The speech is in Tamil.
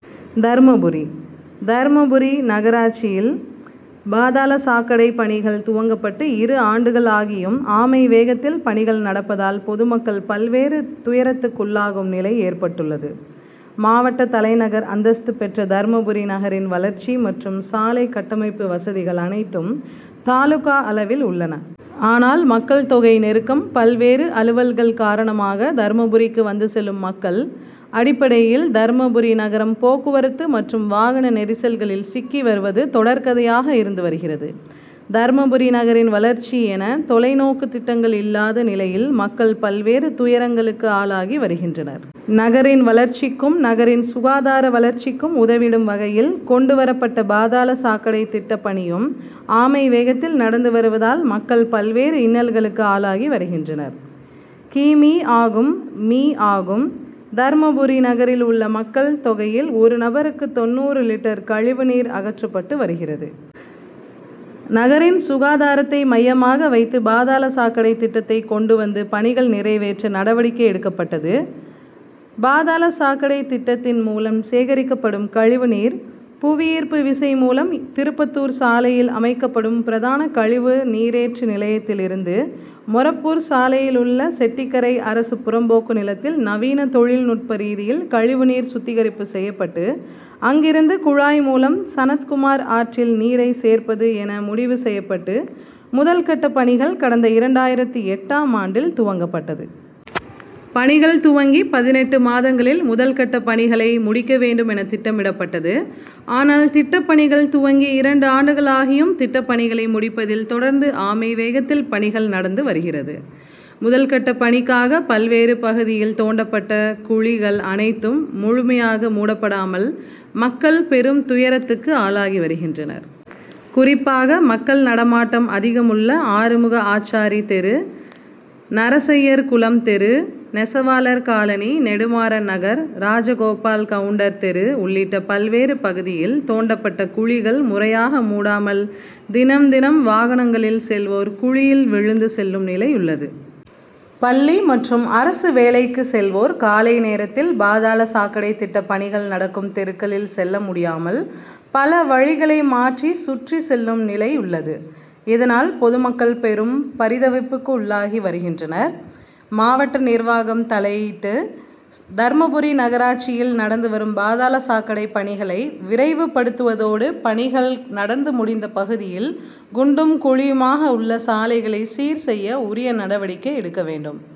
தர்மபுரி: தர்மபுரி நகராட்சியில் பாதாள சாக்கடை பணிகள் துவங்கப்பட்டு இரு ஆண்டுகள் ஆகியும், ஆமை வேகத்தில் பணிகள் நடப்பதால், பொதுமக்கள் பல்வேறு துயரத்துக்குள்ளாகும் நிலை ஏற்பட்டுள்ளது. மாவட்ட தலைநகர் அந்தஸ்து பெற்ற தர்மபுரி நகரின் வளர்ச்சி மற்றும் சாலை கட்டமைப்பு வசதிகள் அனைத்தும் தாலுகா அளவில் உள்ளன. ஆனால், மக்கள் தொகை நெருக்கம், பல்வேறு அலுவல்கள் காரணமாக தர்மபுரிக்கு வந்து செல்லும் மக்கள் அடிப்படையில் தர்மபுரி நகரம் போக்குவரத்து மற்றும் வாகன நெரிசல்களில் சிக்கி வருவது தொடர் கதையாக இருந்து வருகிறது. தர்மபுரி நகரின் வளர்ச்சி என தொலை நோக்கு திட்டங்கள் இல்லாத நிலையில் மக்கள் பல்வேறு துயரங்களுக்கு ஆளாகி வருகின்றனர். நகரின் வளர்ச்சிக்கும், நகரின் சுகாதார வளர்ச்சிக்கும் உதவிடும் வகையில் கொண்டு வரப்பட்ட பாதாள சாக்கடை திட்ட பணியும் ஆமை வேகத்தில் நடந்து வருவதால், மக்கள் பல்வேறு இன்னல்களுக்கு ஆளாகி வருகின்றனர். கி. மீ., ஆகும். மீ., ஆகும். தர்மபுரி நகரில் உள்ள மக்கள் தொகையில் ஒரு நபருக்கு தொண்ணூறு லிட்டர் கழிவு நீர் அகற்றப்பட்டு வருகிறது. நகரின் சுகாதாரத்தை மையமாக வைத்து பாதாள சாக்கடை திட்டத்தை கொண்டு வந்து பணிகள் நிறைவேற்ற நடவடிக்கை எடுக்கப்பட்டது. பாதாள சாக்கடை திட்டத்தின் மூலம் சேகரிக்கப்படும் கழிவு நீர் புவிஈர்ப்பு விசை மூலம் திருப்பத்தூர் சாலையில் அமைக்கப்படும் பிரதான கழிவு நீரேற்று நிலையத்தில் இருந்து மொரப்பூர் சாலையில் உள்ள செட்டிக்கரை அரசு புறம்போக்கு நிலத்தில் நவீன தொழில் நுட்ப ரீதியில் கழிவு நீர் சுத்திகரிப்பு செய்யப்பட்டு, அங்கிருந்து குழாய் மூலம் சனத்குமார் ஆற்றில் நீரை சேர்ப்பது என முடிவு செய்யப்பட்டு முதல் கட்ட பணிகள் கடந்த இரண்டாயிரத்து எட்டாம் ஆண்டில் துவங்கப்பட்டது. பணிகள் துவங்கி பதினெட்டு மாதங்களில் முதல் கட்ட பணிகளை முடிக்க வேண்டும் என திட்டமிடப்பட்டது. ஆனால், திட்ட பணிகள் துவங்கி இரு ஆண்டுகள் ஆகியும் திட்ட பணிகளை முடிப்பதில் தொடர்ந்து ஆமை வேகத்தில் பணிகள் நடந்து வருகிறது. முதல் கட்ட பணிக்காக பல்வேறு பகுதியில் தோண்டப்பட்ட குழிகள் அனைத்தும் முழுமையாக மூடப்படாமல் மக்கள் பெரும் துயரத்துக்கு ஆளாகி வருகின்றனர். குறிப்பாக மக்கள் நடமாட்டம் அதிகம் உள்ள ஆறுமுக ஆச்சாரி தெரு, நரசய்யர் குளம் தெரு, நெசவாளர் காலனி, நெடுமாறன் நகர், ராஜகோபால் கவுண்டர் தெரு உள்ளிட்ட பல்வேறு பகுதியில் தோண்டப்பட்ட குழிகள் முறையாக மூடாமல் தினம், தினம் வாகனங்களில் செல்வோர் குழியில் விழுந்து செல்லும் நிலையுள்ளது. பள்ளி மற்றும் அரசு வேலைக்கு செல்வோர் காலை நேரத்தில் பாதாள சாக்கடை திட்ட பணிகள் நடக்கும் தெருக்களில் செல்ல முடியாமல் பல வழிகளை மாற்றி சுற்றி செல்லும் நிலையுள்ளது. இதனால், பொதுமக்கள் பெரும் பரிதவிப்புக்குள்ளாகி வருகின்றனர். மாவட்ட நிர்வாகம் தலையீட்டு தர்மபுரி நகராட்சியில் நடந்து வரும் பாதாள சாக்கடை பணிகளை விரைவுப்படுத்துவதோடு, பணிகள் நடந்து முடிந்த பகுதியில் குண்டும் குழியுமாக உள்ள சாலைகளை சீர் செய்ய உரிய நடவடிக்கை எடுக்க வேண்டும்.